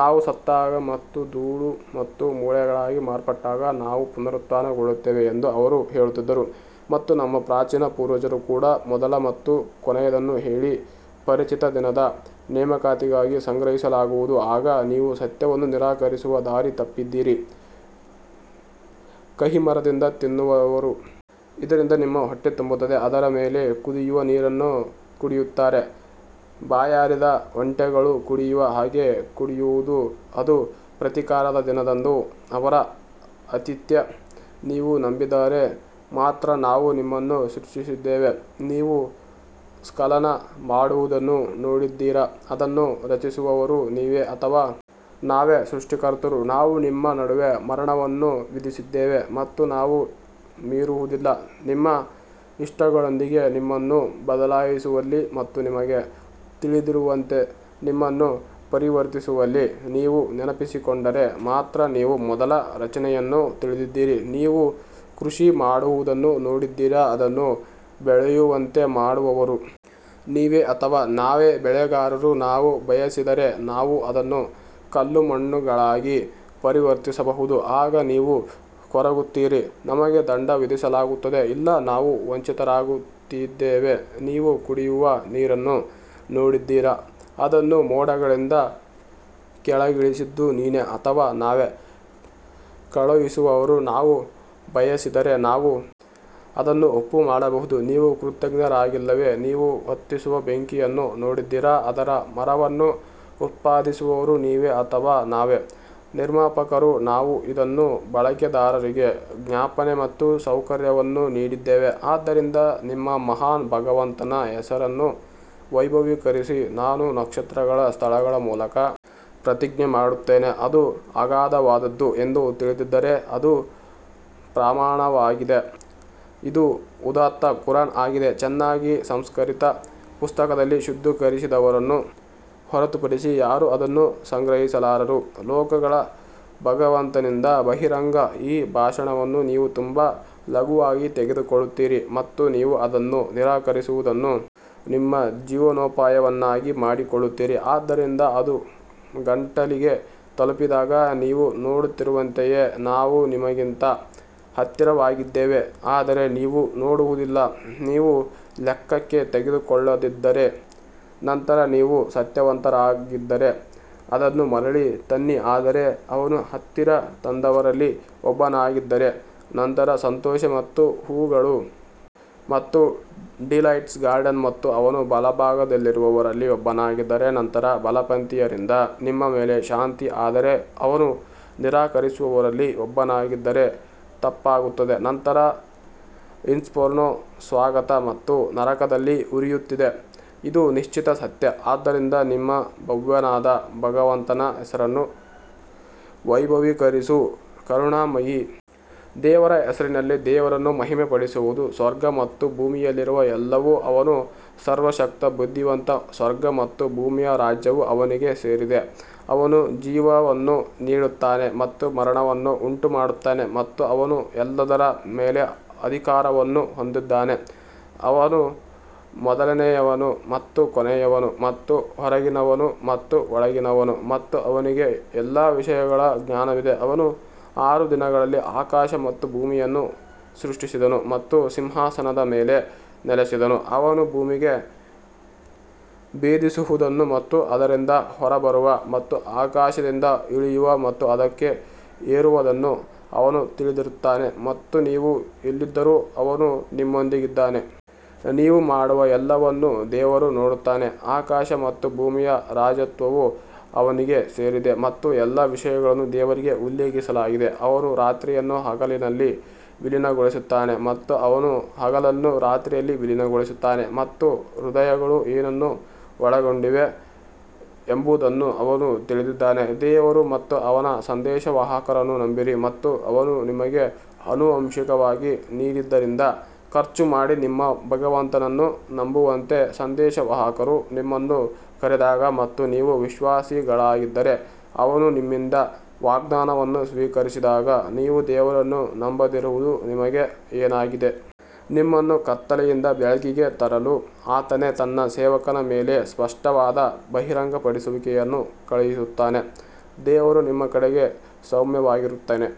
ನಾವು ಸತ್ತಾಗ ಮತ್ತು ಧೂಳು ಮತ್ತು ಮೂಳೆಗಳಾಗಿ ಮಾರ್ಪಟ್ಟಾಗ ನಾವು ಪುನರುತ್ಥಾನಗೊಳ್ಳುತ್ತೇವೆ ಎಂದು ಅವರು ಹೇಳುತ್ತಿದ್ದರು ಮತ್ತು ನಮ್ಮ ಪ್ರಾಚೀನ ಪೂರ್ವಜರು ಕೂಡ ಮೊದಲ ಮತ್ತು ಕೊನೆಯದನ್ನು ಹೇಳಿ ಪರಿಚಿತ ದಿನದ ನೇಮಕಾತಿಗಾಗಿ ಸಂಗ್ರಹಿಸಲಾಗುವುದು ಆಗ ನೀವು ಸತ್ಯವನ್ನು ನಿರಾಕರಿಸುವ ದಾರಿ ತಪ್ಪಿದಿರಿ ಕಹಿಮರದಿಂದ ತಿನ್ನುವರು ಇದರಿಂದ ನಿಮ್ಮ ಹೊಟ್ಟೆ ತುಂಬುತ್ತದೆ ಅದರ ಮೇಲೆ ಕುದಿಯುವ ನೀರನ್ನು ಕುಡಿಯುತ್ತಾರೆ ಬಾಯಾರಿದ ಒಂಟೆಗಳು ಕುಡಿಯುವ ಹಾಗೆ ಕುಡಿಯುವುದು ಅದು ಪ್ರತೀಕಾರದ ದಿನದಂದು ಅವರ ಆತಿಥ್ಯ ನೀವು ನಂಬಿದರೆ ಮಾತ್ರ ನಾವು ನಿಮ್ಮನ್ನು ಸೃಷ್ಟಿಸಿದ್ದೇವೆ ನೀವು ಸ್ಖಲನ ಮಾಡುವುದನ್ನು ನೋಡಿದ್ದೀರಾ ಅದನ್ನು ರಚಿಸುವವರು ನೀವೇ ಅಥವಾ ನಾವೇ ಸೃಷ್ಟಿಕರ್ತರು ನಾವು ನಿಮ್ಮ ನಡುವೆ ಮರಣವನ್ನು ವಿಧಿಸಿದ್ದೇವೆ ಮತ್ತು ನಾವು ಮೀರುವುದಿಲ್ಲ ನಿಮ್ಮ ಇಷ್ಟಗಳೊಂದಿಗೆ ನಿಮ್ಮನ್ನು ಬದಲಾಯಿಸುವಲ್ಲಿ ಮತ್ತು ನಿಮಗೆ ತಿಳಿದಿಲ್ಲದಿರುವಂತೆ ನಿಮ್ಮನ್ನು ಪರಿವರ್ತಿಸುವಲ್ಲಿ ನೀವು ನೆನಪಿಸಿಕೊಂಡರೆ ಮಾತ್ರ ನೀವು ಮೊದಲ ರಚನೆಯನ್ನು ತಿಳಿದಿದ್ದೀರಿ ನೀವು ಕೃಷಿ ಮಾಡುವುದನ್ನು ನೋಡಿದ್ದೀರಾ ಅದನ್ನು ಬೆಳೆಯುವಂತೆ ಮಾಡುವವರು ನೀವೇ ಅಥವಾ ನಾವೇ ಬೆಳೆಗಾರರು ನಾವು ಬಯಸಿದರೆ ನಾವು ಅದನ್ನು ಕಲ್ಲುಮಣ್ಣುಗಳಾಗಿ ಪರಿವರ್ತಿಸಬಹುದು ಆಗ ನೀವು ಕೊರಗುತ್ತೀರಿ ನಮಗೆ ದಂಡ ವಿಧಿಸಲಾಗುತ್ತದೆ ಇಲ್ಲ ನಾವು ವಂಚಿತರಾಗುತ್ತಿದ್ದೇವೆ ನೀವು ಕುಡಿಯುವ ನೀರನ್ನು ನೋಡಿದ್ದೀರಾ ಅದನ್ನು ಮೋಡಗಳಿಂದ ಕೆಳಗಿಳಿಸಿದ್ದು ನೀನೇ ಅಥವಾ ನಾವೇ ಕಳುಹಿಸುವವರು ನಾವು ಬಯಸಿದರೆ ನಾವು ಅದನ್ನು ಉಪ್ಪು ಮಾಡಬಹುದು ನೀವು ಕೃತಜ್ಞರಾಗಿಲ್ಲವೇ ನೀವು ಹೊತ್ತಿಸುವ ಬೆಂಕಿಯನ್ನು ನೋಡಿದ್ದೀರಾ ಅದರ ಮರವನ್ನು ಉತ್ಪಾದಿಸುವವರು ನೀವೇ ಅಥವಾ ನಾವೇ ನಿರ್ಮಾಪಕರು ನಾವು ಇದನ್ನು ಬಳಕೆದಾರರಿಗೆ ಜ್ಞಾಪನೆ ಮತ್ತು ಸೌಕರ್ಯವನ್ನು ನೀಡಿದ್ದೇವೆ ಆದ್ದರಿಂದ ನಿಮ್ಮ ಮಹಾನ್ ಭಗವಂತನ ಹೆಸರನ್ನು ವೈಭವೀಕರಿಸಿ ನಾನು ನಕ್ಷತ್ರಗಳ ಸ್ಥಳಗಳ ಮೂಲಕ ಪ್ರತಿಜ್ಞೆ ಮಾಡುತ್ತೇನೆ ಅದು ಅಗಾಧವಾದದ್ದು ಎಂದು ತಿಳಿದಿದ್ದರೆ ಅದು ಪ್ರಮಾಣವಾಗಿದೆ ಇದು ಉದಾತ್ತ ಕುರಾನ್ ಆಗಿದೆ ಚೆನ್ನಾಗಿ ಸಂರಕ್ಷಿತ ಪುಸ್ತಕದಲ್ಲಿ ಶುದ್ಧೀಕರಿಸಿದವರನ್ನು ಹೊರತುಪಡಿಸಿ ಯಾರೂ ಅದನ್ನು ಗ್ರಹಿಸಲಾರರು ಲೋಕಗಳ ಭಗವಂತನಿಂದ ಬಹಿರಂಗ ಈ ಭಾಷಣವನ್ನು ನೀವು ತುಂಬಾ ಲಘುವಾಗಿ ತೆಗೆದುಕೊಳ್ಳುತ್ತೀರಿ ಮತ್ತು ನೀವು ಅದನ್ನು ನಿರಾಕರಿಸುವುದನ್ನು ನಿಮ್ಮ ಜೀವನೋಪಾಯವನ್ನಾಗಿ ಮಾಡಿಕೊಳ್ಳುತ್ತೀರಿ ಆದ್ದರಿಂದ ಅದು ಗಂಟಲಿಗೆ ತಲುಪಿದಾಗ ನೀವು ನೋಡುತ್ತಿರುವಂತೆಯೇ ನಾವು ನಿಮಗಿಂತ ಹತ್ತಿರವಾಗಿದ್ದೇವೆ ಆದರೆ ನೀವು ನೋಡುವುದಿಲ್ಲ ನೀವು ಲೆಕ್ಕಕ್ಕೆ ತೆಗೆದುಕೊಳ್ಳದಿದ್ದರೆ ನಂತರ ನೀವು ಸತ್ಯವಂತರಾಗಿದ್ದರೆ ಅದನ್ನು ಮರಳಿ ತನ್ನಿ ಆದರೆ ಅವನು ಹತ್ತಿರ ತಂದವರಲ್ಲಿ ಒಬ್ಬನಾಗಿದ್ದರೆ ನಂತರ ಸಂತೋಷ ಮತ್ತು ಹೂವುಗಳು ಮತ್ತು ಡಿಲೈಟ್ಸ್ ಗಾರ್ಡನ್ ಮತ್ತು ಅವನು ಬಲಭಾಗದಲ್ಲಿರುವವರಲ್ಲಿ ಒಬ್ಬನಾಗಿದ್ದರೆ ನಂತರ ಬಲಪಂಥೀಯರಿಂದ ನಿಮ್ಮ ಮೇಲೆ ಶಾಂತಿ ಆದರೆ ಅವನು ನಿರಾಕರಿಸುವವರಲ್ಲಿ ಒಬ್ಬನಾಗಿದ್ದರೆ ತಪ್ಪಾಗುತ್ತದೆ ನಂತರ ಇನ್ಫರ್ನೊ ಸ್ವಾಗತ ಮತ್ತು ನರಕದಲ್ಲಿ ಉರಿಯುತ್ತಿದೆ ಇದು ನಿಶ್ಚಿತ ಸತ್ಯ ಆದ್ದರಿಂದ ನಿಮ್ಮ ಭವ್ಯನಾದ ಭಗವಂತನ ಹೆಸರನ್ನು ವೈಭವೀಕರಿಸು ಕರುಣಾಮಯಿ ದೇವರ ಹೆಸರಿನಲ್ಲಿ ದೇವರನ್ನು ಮಹಿಮೆಪಡಿಸುವುದು ಸ್ವರ್ಗ ಮತ್ತು ಭೂಮಿಯಲ್ಲಿರುವ ಎಲ್ಲವೂ ಅವನು ಸರ್ವಶಕ್ತ ಬುದ್ಧಿವಂತ ಸ್ವರ್ಗ ಮತ್ತು ಭೂಮಿಯ ರಾಜ್ಯವು ಅವನಿಗೆ ಸೇರಿದೆ, ಅವನು ಜೀವವನ್ನು ನೀಡುತ್ತಾನೆ ಮತ್ತು ಮರಣವನ್ನು ಉಂಟುಮಾಡುತ್ತಾನೆ ಮತ್ತು ಅವನು ಎಲ್ಲದರ ಮೇಲೆ ಅಧಿಕಾರವನ್ನು ಹೊಂದಿದ್ದಾನೆ ಅವನು ಮೊದಲನೆಯವನು ಮತ್ತು ಕೊನೆಯವನು ಮತ್ತು ಹೊರಗಿನವನು ಮತ್ತು ಒಳಗಿನವನು ಮತ್ತು ಅವನಿಗೆ ಎಲ್ಲಾ ವಿಷಯಗಳ ಜ್ಞಾನವಿದೆ ಅವನು ಆರು ದಿನಗಳಲ್ಲಿ ಆಕಾಶ ಮತ್ತು ಭೂಮಿಯನ್ನು ಸೃಷ್ಟಿಸಿದನು ಮತ್ತು ಸಿಂಹಾಸನದ ಮೇಲೆ ನೆಲೆಸಿದನು, ಅವನು ಭೂಮಿಗೆ ಭೇದಿಸುವುದನ್ನು ಮತ್ತು ಅದರಿಂದ ಹೊರಬರುವ ಮತ್ತು ಆಕಾಶದಿಂದ ಇಳಿಯುವ ಮತ್ತು ಅದಕ್ಕೆ ಏರುವದನ್ನು ಅವನು ತಿಳಿದಿರುತ್ತಾನೆ ಮತ್ತು ನೀವು ಎಲ್ಲಿದ್ದರೂ ಅವನು ನಿಮ್ಮೊಂದಿಗಿದ್ದಾನೆ. ನೀವು ಮಾಡುವ ಎಲ್ಲವನ್ನೂ ದೇವರು ನೋಡುತ್ತಾನೆ ಆಕಾಶ ಮತ್ತು ಭೂಮಿಯ ರಾಜತ್ವವು ಅವನಿಗೆ ಸೇರಿದೆ ಮತ್ತು ಎಲ್ಲಾ ವಿಷಯಗಳನ್ನು ದೇವರಿಗೆ ಉಲ್ಲೇಖಿಸಲಾಗಿದೆ ಅವನು ರಾತ್ರಿಯನ್ನು ಹಗಲಿನಲ್ಲಿ ವಿಲೀನಗೊಳಿಸುತ್ತಾನೆ ಮತ್ತು ಅವನು ಹಗಲನ್ನು ರಾತ್ರಿಯಲ್ಲಿ ವಿಲೀನಗೊಳಿಸುತ್ತಾನೆ ಮತ್ತು ಹೃದಯಗಳು ಏನನ್ನು ಒಳಗೊಂಡಿವೆ ಎಂಬುದನ್ನು ಅವನು ತಿಳಿದಿದ್ದಾನೆ ದೇವರು ಮತ್ತು ಅವನ ಸಂದೇಶವಾಹಕರನ್ನು ನಂಬಿರಿ ಮತ್ತು ಅವನು ನಿಮಗೆ ಆನುವಂಶಿಕವಾಗಿ ನೀಡಿದ್ದರಿಂದ ಖರ್ಚು ಮಾಡಿ ನಿಮ್ಮ ಭಗವಂತನನ್ನು ನಂಬುವಂತೆ ಸಂದೇಶವಾಹಕರು ನಿಮ್ಮನ್ನು ಕರೆದಾಗ ಮತ್ತು ನೀವು ವಿಶ್ವಾಸಿಗಳಾಗಿದ್ದರೆ ಅವನು ನಿಮ್ಮಿಂದ ವಾಗ್ದಾನವನ್ನು ಸ್ವೀಕರಿಸಿದಾಗ ನೀವು ದೇವರನ್ನು ನಂಬದಿರುವುದು ನಿಮಗೆ ಏನಾಗಿದೆ? ನಿಮ್ಮನ್ನು ಕತ್ತಲೆಯಿಂದ ಬೆಳಕಿಗೆ ತರಲು ಆತನೇ ತನ್ನ ಸೇವಕನ ಮೇಲೆ ಸ್ಪಷ್ಟವಾದ ಬಹಿರಂಗಪಡಿಸುವಿಕೆಯನ್ನು ಕಳುಹಿಸುತ್ತಾನೆ, ದೇವರು ನಿಮ್ಮ ಕಡೆಗೆ ಸೌಮ್ಯವಾಗಿರುತ್ತಾನೆ.